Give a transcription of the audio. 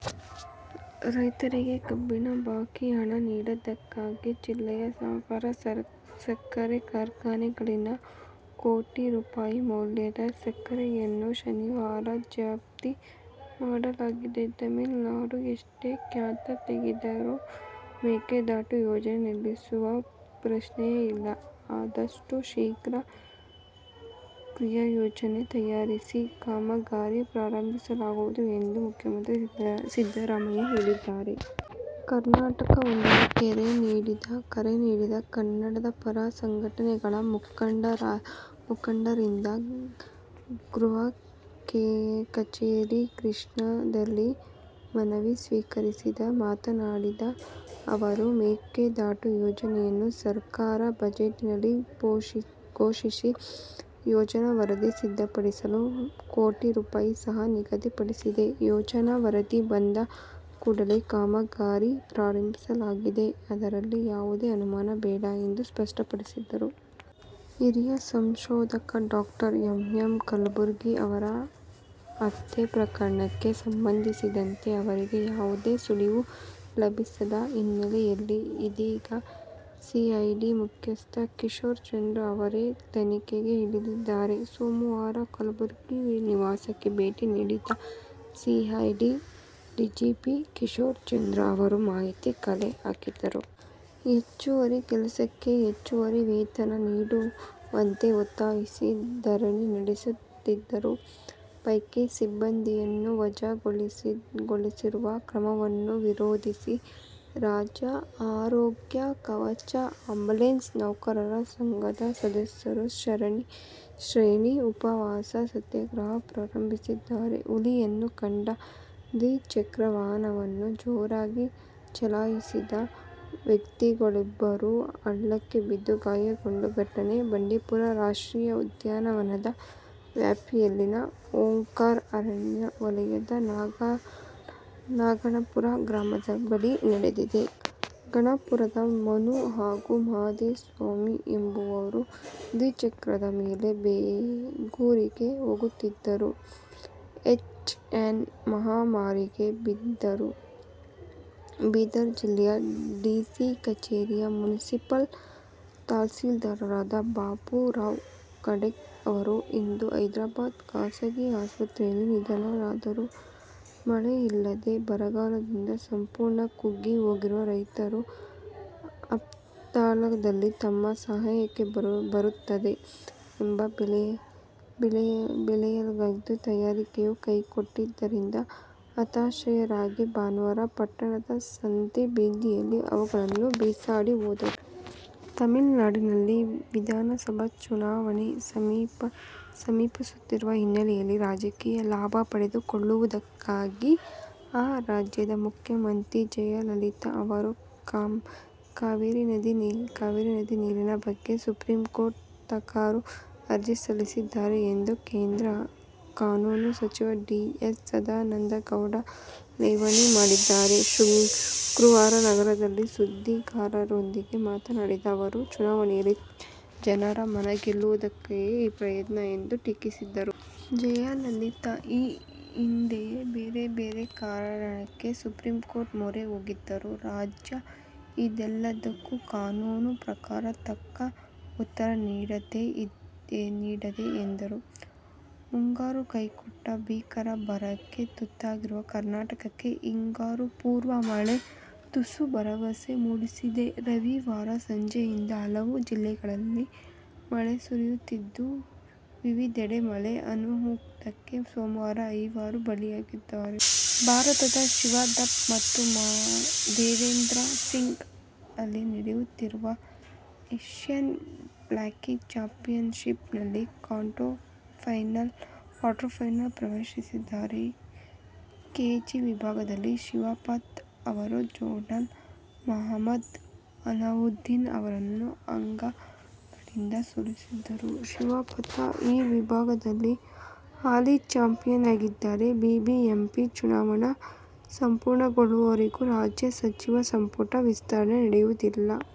ರೈತರಿಗೆ ಕಬ್ಬಿನ ಬಾಕಿ ಹಣ ನೀಡದ್ದಕ್ಕಾಗಿ ಜಿಲ್ಲೆಯ ಸಹಕಾರ ಸಕ್ಕರೆ ಕಾರ್ಖಾನೆಗಳಲ್ಲಿನ ಕೋಟಿ ರೂ. ಮೌಲ್ಯದ ಸಕ್ಕರೆಯನ್ನು ಶನಿವಾರ ಜಪ್ತಿ ಮಾಡಲಾಗಿದೆ. ತಮಿಳುನಾಡು ಎಷ್ಟೇ ಕ್ಯಾತೆ ತೆಗೆದರೂ ಮೇಕೆದಾಟು ಯೋಜನೆ ನಿಲ್ಲಿಸುವ ಪ್ರಶ್ನೆಯೇ ಇಲ್ಲ. ಆದಷ್ಟು ಶೀಘ್ರ ಕ್ರಿಯಾಯೋಜನೆ ತಯಾರಿಸಿ ಕಾಮಗಾರಿ ಪ್ರಾರಂಭಿಸಲಾಗುವುದು ಎಂದು ಮುಖ್ಯಮಂತ್ರಿ ಸಿದ್ದರಾಮಯ್ಯ ತಿಳಿಸಿದ್ದಾರೆ. ಕರ್ನಾಟಕ ಬಂದ್ಗೆ ಕರೆ ನೀಡಿದ್ದ ಕನ್ನಡಪರ ಸಂಘಟನೆಗಳ ಮುಖಂಡರಿಂದ ಗೃಹ ಕಚೇರಿ ಕೃಷ್ಣಾದಲ್ಲಿ ಮನವಿ ಸ್ವೀಕರಿಸಿದ ಮಾತನಾಡಿದ ಅವರು, ಮೇಕೆದಾಟು ಯೋಜನೆಯನ್ನು ಸರ್ಕಾರ ಬಜೆಟ್ನಲ್ಲಿ ಘೋಷಿಸಿ ಯೋಜನಾ ವರದಿ ಸಿದ್ಧಪಡಿಸಲು ಕೋಟಿ ರೂ. ಸಹ ನಿಗದಿಪಡಿಸಿದೆ. ಯೋಜನಾ ವರದಿ ಬಂದ ಕೂಡಲೇ ಕಾಮಗಾರಿ ಪ್ರಾರಂಭವಾಗಲಿದೆ. ಅದರಲ್ಲಿ ಯಾವುದೇ ಅನುಮಾನ ಬೇಡ ಎಂದು ಸ್ಪಷ್ಟಪಡಿಸಿದರು. ಹಿರಿಯ ಸಂಶೋಧಕ ಡಾ. ಎಂ. ಎಂ. ಕಲಬುರ್ಗಿ ಅವರ ಹತ್ಯೆ ಪ್ರಕರಣಕ್ಕೆ ಸಂಬಂಧಿಸಿದಂತೆ ಈವರೆಗೆ ಯಾವುದೇ ಸುಳಿವು ಲಭಿಸದ ಹಿನ್ನೆಲೆಯಲ್ಲಿ ಇದೀಗ ಸಿಐಡಿ ಮುಖ್ಯಸ್ಥ ಕಿಶೋರ್ಚಂದ್ರ ಅವರೇ ತನಿಖೆಗೆ ಇಳಿದಿದ್ದಾರೆ. ಸೋಮವಾರ ಕಲಬುರ್ಗಿ ನಿವಾಸಕ್ಕೆ ಭೇಟಿ ನೀಡಿದ ಸಿಐಡಿ ಡಿಜಿಪಿ ಕಿಶೋರ್ ಚಂದ್ರ ಅವರು ಮಾಹಿತಿ ಕಲೆ ಹಾಕಿದರು. ಹೆಚ್ಚುವರಿ ಕೆಲಸಕ್ಕೆ ಹೆಚ್ಚುವರಿ ವೇತನ ನೀಡುವಂತೆ ಒತ್ತಾಯಿಸಿ ಧರಣಿ ನಡೆಸಿದವರ ಪೈಕಿ ಸಿಬ್ಬಂದಿಯನ್ನು ವಜಾಗೊಳಿಸಿರುವ ಕ್ರಮವನ್ನು ವಿರೋಧಿಸಿ ರಾಜ್ಯ ಆರೋಗ್ಯ ಕವಚ- ಆ್ಯಂಬುಲೆನ್ಸ್ ನೌಕರರ ಸಂಘದ ಸದಸ್ಯರು ಸರಣಿ ಉಪವಾಸ ಸತ್ಯಾಗ್ರಹ ಪ್ರಾರಂಭಿಸಿದ್ದಾರೆ. ಹುಲಿಯನ್ನು ಕಂಡು ದ್ವಿಚಕ್ರವಾಹನವನ್ನು ಜೋರಾಗಿ ಚಲಾಯಿಸಿದ ವ್ಯಕ್ತಿಗಳಿಬ್ಬರು ಹಳ್ಳಕ್ಕೆ ಬಿದ್ದು ಗಾಯಗೊಂಡ ಘಟನೆ ಬಂಡೀಪುರ ರಾಷ್ಟ್ರೀಯ ಉದ್ಯಾನದ ವ್ಯಾಪ್ತಿಯಲ್ಲಿನ ಓಂಕಾರ್ ಅರಣ್ಯ ವಲಯದ ನಾಗಣಾಪುರ ಗ್ರಾಮದ ಬಳಿ ನಡೆದಿದೆ. ಗಣಾಪುರದ ಮನು ಹಾಗೂ ಮಹದೇವಸ್ವಾಮಿ ಎಂಬುವವರು ದ್ವಿಚಕ್ರವಾಹನದ ಮೇಲೆ ಬೇಗೂರಿಗೆ ಹೋಗುತ್ತಿದ್ದರು. ಎಚ್ ಎನ್ ಮಹಾಮಾರಿಗೆ ಬೀದರ್ ಜಿಲ್ಲಾ ಡಿಸಿ ಕಚೇರಿಯ ಮುನ್ಸಿಪಲ್ ತಹಸೀಲ್ದಾರರಾದ ಬಾಬುರಾವ್ ಖಂಡೆಯವರು ಇಂದು ಹೈದರಾಬಾದ್ ಖಾಸಗಿ ಆಸ್ಪತ್ರೆಯಲ್ಲಿ ನಿಧನರಾದರು. ಮಳೆ ಇಲ್ಲದೆ ಬರಗಾಲದಿಂದ ಸಂಪೂರ್ಣ ಕುಗ್ಗಿ ಹೋಗಿರುವ ರೈತರು ಆಪತ್ಕಾಲದಲ್ಲಿ ತಮ್ಮ ಸಹಾಯಕ್ಕೆ ಬರುತ್ತದೆ ಎಂದು ಬೆಳೆಯಲಾಗಿದ್ದ ತರಕಾರಿಯೂ ಕೈಕೊಟ್ಟಿದ್ದರಿಂದ ಹತಾಶರಾಗಿ ಭಾನುವಾರ ಪಟ್ಟಣದ ಸಂತೆ ಬೀದಿಯಲ್ಲಿ ಅವುಗಳನ್ನು ಬಿಸಾಡಿ ಹೋದರು. ತಮಿಳುನಾಡಿನಲ್ಲಿ ವಿಧಾನಸಭಾ ಚುನಾವಣೆ ಸಮೀಪಿಸುತ್ತಿರುವ ಹಿನ್ನೆಲೆಯಲ್ಲಿ ರಾಜಕೀಯ ಲಾಭ ಪಡೆದುಕೊಳ್ಳುವುದಕ್ಕಾಗಿ ಆ ರಾಜ್ಯದ ಮುಖ್ಯ ಮಂತ್ರಿ ಜಯಲಲಿತಾ ಅವರು ಕಾವೇರಿ ನದಿ ನೀರಿನ ಬಗ್ಗೆ ಸುಪ್ರೀಂಕೋರ್ಟ್ಗೆ ತಕರಾರು ಅರ್ಜಿ ಸಲ್ಲಿಸಿದ್ದಾರೆ ಎಂದು ಕೇಂದ್ರ ಕಾನೂನು ಸಚಿವ ಡಿ. ವಿ. ಸದಾನಂದಗೌಡ ಲೇವಡಿ ಮಾಡಿದ್ದಾರೆ. ಶುಕ್ರವಾರ ನಗರದಲ್ಲಿ ಸುದ್ದಿಗಾರರೊಂದಿಗೆ ಮಾತನಾಡಿದ ಅವರು, ಚುನಾವಣೆಯಲ್ಲಿ ಜನರ ಮನಗೆಲ್ಲುವುದಕ್ಕಾಗಿಯೇ ಈ ಪ್ರಯತ್ನ ಎಂದು ಟೀಕಿಸಿದರು. ಜಯಲಲಿತಾ ಈ ಹಿಂದೆಯೂ ಬೇರೆ ಬೇರೆ ಕಾರಣಕ್ಕೆ ಸುಪ್ರೀಂಕೋರ್ಟ್ ಮೊರೆ ಹೋಗಿದ್ದರು. ರಾಜ್ಯ ಇದೆಲ್ಲದಕ್ಕೂ ಕಾನೂನು ಪ್ರಕಾರ ತಕ್ಕ ಉತ್ತರ ನೀಡಲಿದೆ ಎಂದರು. ಮುಂಗಾರು ಕೈಕೊಟ್ಟು ಭೀಕರ ಬರಕ್ಕೆ ತುತ್ತಾಗಿರುವ ಕರ್ನಾಟಕಕ್ಕೆ ಹಿಂಗಾರುಪೂರ್ವ ಮಳೆ ತುಸು ಭರವಸೆ ಮೂಡಿಸಿದೆ. ರವಿವಾರ ಸಂಜೆಯಿಂದ ಹಲವು ಜಿಲ್ಲೆಗಳಲ್ಲಿ ಮಳೆ ಸುರಿಯುತ್ತಿದ್ದು, ವಿವಿಧೆಡೆ ಮಳೆ ಅನಾಹುತಕ್ಕೆ ಸೋಮವಾರ ಐವರು ಬಲಿಯಾಗಿದ್ದಾರೆ. ಭಾರತದ ಶಿವ ಥಾಪ ಮತ್ತು ದೇವೇಂದ್ರೋ ಸಿಂಗ್ ಇಲ್ಲಿ ನಡೆಯುತ್ತಿರುವ ಏಶ್ಯನ್ ಬಾಕ್ಸಿಂಗ್ ಚಾಂಪಿಯನ್ಶಿಪ್ನಲ್ಲಿ ಕ್ವಾರ್ಟರ್ಫೈನಲ್ ಪ್ರವೇಶಿಸಿದ್ದಾರೆ. ಕೆ. ಜಿ. ವಿಭಾಗದಲ್ಲಿ ಶಿವ ಥಾಪ ಅವರು ಜೋರ್ಡಾನ್ನ ಮಹಮ್ಮದ್ ಅಲ್ವದಿ ಅವರನ್ನು ಅಂಕಗಳಿಂದ ಸೋಲಿಸಿದರು. ಶಿವ ಥಾಪ ಈ ವಿಭಾಗದಲ್ಲಿ ಹಾಲಿ ಚಾಂಪಿಯನ್ ಆಗಿದ್ದಾರೆ. ಬಿಬಿಎಂಪಿ ಚುನಾವಣೆ ಪೂರ್ಣಗೊಳ್ಳುವವರೆಗೂ ರಾಜ್ಯ ಸಚಿವ ಸಂಪುಟ ವಿಸ್ತರಣೆ ನಡೆಯುವುದಿಲ್ಲ.